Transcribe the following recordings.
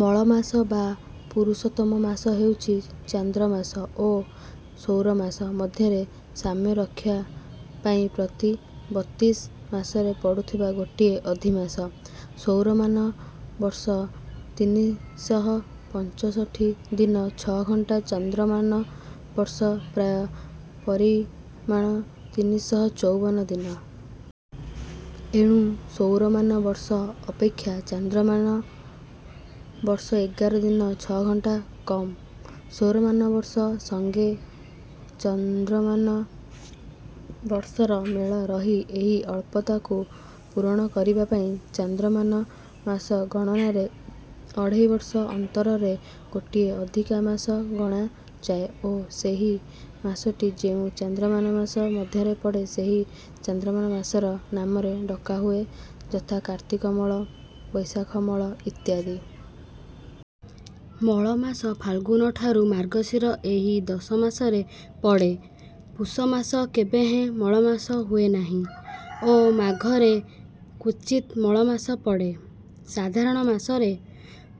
ମଳ ମାସ ବା ପୁରୁଷୋତ୍ତମ ମାସ ହେଉଛି ଚାନ୍ଦ୍ରମାସ ଓ ସୌରମାସ ମଧ୍ୟରେ ସାମ୍ୟ ରକ୍ଷା ପାଇଁ ପ୍ରତି ବତିଶ ମାସରେ ପଡୁଥିବା ଗୋଟିଏ ଅଧିମାସ। ସୌରମାନ ବର୍ଷ ତିନି ଶହ ପଞ୍ଚଷଠି ଦିନ ଛଅ ଘଣ୍ଟା ଚାନ୍ଦ୍ରମାନ ବର୍ଷ ପ୍ରାୟ ପରିମାଣ ତିନି ଶହ ଚଉବନ ଦିନ। ଏଣୁ ସୌରମାନ ବର୍ଷ ଅପେକ୍ଷା ଚାନ୍ଦ୍ରମାନ ବର୍ଷ ଏଗାର ଦିନ ଛଅ ଘଣ୍ଟା କମ। ସୌରମାନ ବର୍ଷ ସଙ୍ଗେ ଚନ୍ଦ୍ରମାନ ବର୍ଷର ମେଳ ରହି ଏହି ଅଳ୍ପତାକୁ ପୂରଣ କରିବାପାଇଁ ଚାନ୍ଦ୍ରମାନ ମାସ ଗଣନାରେ ଅଢ଼େଇ ବର୍ଷ ଅନ୍ତରରେ ଗୋଟିଏ ଅଧିକା ମାସ ଗଣାଯାଏ ଓ ସେହି ମାସଟି ଯେଉଁ ଚାନ୍ଦ୍ରମାନ ମାସ ମଧ୍ୟରେ ପଡ଼େ ସେହି ଚାନ୍ଦ୍ରମାନ ମାସର ନାମରେ ଡକାହୁଏ ଯଥା କାର୍ତ୍ତିକମଳ ବୈଶାଖମଳ ଇତ୍ୟାଦି। ମଳମାସ ଫାଲଗୁନଠାରୁ ମାର୍ଗଶୀର ଏହି ଦଶ ମାସରେ ପଡ଼େ। ପୁଷମାସ କେବେହେଁ ମଳମାସ ହୁଏନାହିଁ ଓ ମାଘରେ କ୍ୱଚିତ ମଳମାସ ପଡ଼େ। ସାଧାରଣ ମାସରେ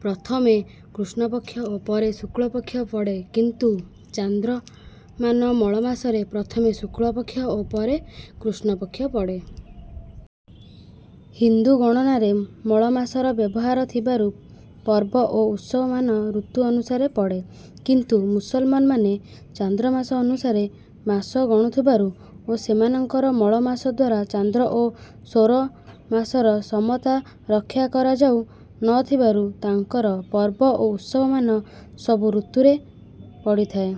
ପ୍ରଥମେ କୃଷ୍ଣପକ୍ଷ ଓ ପରେ ଶୁକ୍ଳପକ୍ଷ ପଡ଼େ କିନ୍ତୁ ଚାନ୍ଦ୍ରମାନ ମଳ ମାସରେ ପ୍ରଥମେ ଶୁକ୍ଳପକ୍ଷ ଓ ପରେ କୃଷ୍ଣପକ୍ଷ ପଡ଼େ। ହିନ୍ଦୁ ଗଣନାରେ ମଳମାସର ବ୍ୟବହାର ଥିବାରୁ ପର୍ବ ଓ ଉତ୍ସବମାନ ଋତୁ ଅନୁସାରେ ପଡ଼େ କିନ୍ତୁ ମୁସଲମାନମାନେ ଚାନ୍ଦ୍ରମାସ ଅନୁସାରେ ମାସ ଗଣୁଥିବାରୁ ଓ ସେମାନଙ୍କର ମଳମାସଦ୍ୱାରା ଚାନ୍ଦ୍ର ଓ ସୌର ମାସର ସମତା ରକ୍ଷା କରାଯାଉ ନ ଥିବାରୁ ତାଙ୍କର ପର୍ବ ଓ ଉତ୍ସବମାନ ସବୁ ଋତୁରେ ପଡ଼ିଥାଏ।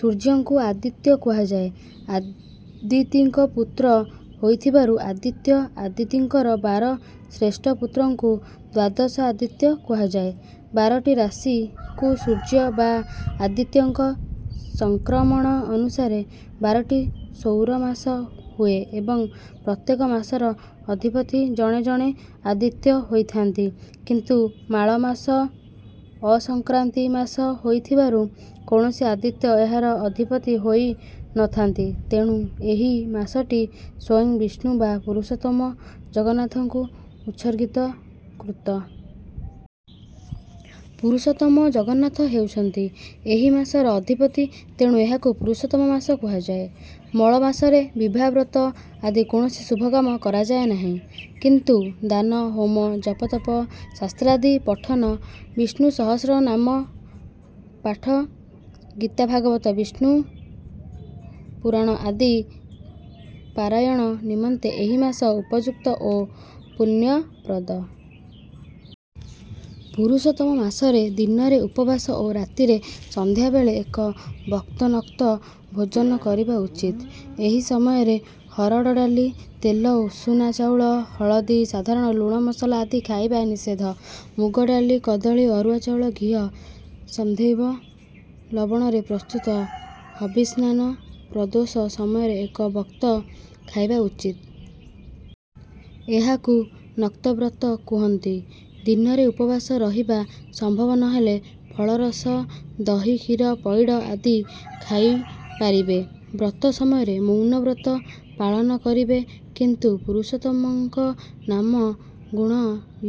ସୂର୍ଯ୍ୟଙ୍କୁ ଆଦିତ୍ୟ କୁହାଯାଏ। ଆଦିତିଙ୍କ ପୂତ୍ର ହୋଇଥିବାରୁ ଆଦିତ୍ୟ ଆଦିତିଙ୍କର ବାର ଶ୍ରେଷ୍ଠ ପୂତ୍ରଙ୍କୁ ଦ୍ୱାଦଶ ଆଦିତ୍ୟ କୁହାଯାଏ। ବାରଟି ରାଶିକୁ ସୂର୍ଯ୍ୟ ବା ଆଦିତ୍ୟଙ୍କ ସଂକ୍ରମଣ ଅନୁସାରେ ବାରଟି ସୌର ମାସ ହୁଏ ଏବଂ ପ୍ରତ୍ୟେକ ମାସର ଅଧିପତି ଜଣେ ଜଣେ ଆଦିତ୍ୟ ହୋଇଥାନ୍ତି କିନ୍ତୁ ମାଳ ମାସ ଅସଂକ୍ରାନ୍ତି ମାସ ହୋଇଥିବାରୁ କୌଣସି ଆଦିତ୍ୟ ଏହାର ଅଧିପତି ହୋଇ ନଥାନ୍ତି ତେଣୁ ଏହି ମାସଟି ସ୍ୱୟଂ ବିଷ୍ଣୁ ବା ପୁରୁଷୋତ୍ତମ ଜଗନ୍ନାଥଙ୍କୁ ଉତ୍ସର୍ଗୀତ କୃତ। ପୁରୁଷୋତ୍ତମ ଜଗନ୍ନାଥ ହେଉଛନ୍ତି ଏହି ମାସର ଅଧିପତି ତେଣୁ ଏହାକୁ ପୁରୁଷୋତ୍ତମ ମାସ କୁହାଯାଏ। ମଳ ମାସରେ ବିବାହ ବ୍ରତ ଆଦି କୌଣସି ଶୁଭକାମ କରାଯାଏ ନାହିଁ କିନ୍ତୁ ଦାନ ହୋମ ଜପତପ ଶାସ୍ତ୍ରାଦି ପଠନ ବିଷ୍ଣୁ ସହସ୍ରନାମ ପାଠ ଗୀତା ଭାଗବତ ବିଷ୍ଣୁ ପୁରାଣ ଆଦି ପାରାୟଣ ନିମନ୍ତେ ଏହି ମାସ ଉପଯୁକ୍ତ ଓ ପୂଣ୍ୟପ୍ରଦ। ପୁରୁଷୋତ୍ତମ ମାସରେ ଦିନରେ ଉପବାସ ଓ ରାତିରେ ସନ୍ଧ୍ୟାବେଳେ ଏକ ବକ୍ତ ନକ୍ତ ଭୋଜନ କରିବା ଉଚିତ। ଏହି ସମୟରେ ହରଡ଼ ଡାଲି ତେଲ ଉଷୁନା ଚାଉଳ ହଳଦୀ ସାଧାରଣ ଲୁଣ ମସଲା ଆଦି ଖାଇବା ନିଷେଦ୍ଧ। ମୁଗ ଡାଲି କଦଳି ଅରୁଆ ଚାଉଳ ଘିଅ ସନ୍ଧୈବ ଲବଣରେ ପ୍ରସ୍ତୁତ ହବିସ୍ନାନ ପ୍ରଦୋଷ ସମୟରେ ଏକ ବକ୍ତ ଖାଇବା ଉଚିତ। ଏହାକୁ ନକ୍ତବ୍ରତ କୁହନ୍ତି। ଦିନରେ ଉପବାସ ରହିବା ସମ୍ଭବ ନହେଲେ ଫଳରସ ଦହି କ୍ଷୀର ପଇଡ଼ ଆଦି ଖାଇ ପାରିବେ। ବ୍ରତ ସମୟରେ ମୌନ ବ୍ରତ ପାଳନ କରିବେ। କିନ୍ତୁ ପୁରୁଷୋତ୍ତମଙ୍କ ନାମ ଗୁଣ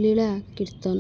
ଲୀଳା କୀର୍ତ୍ତନ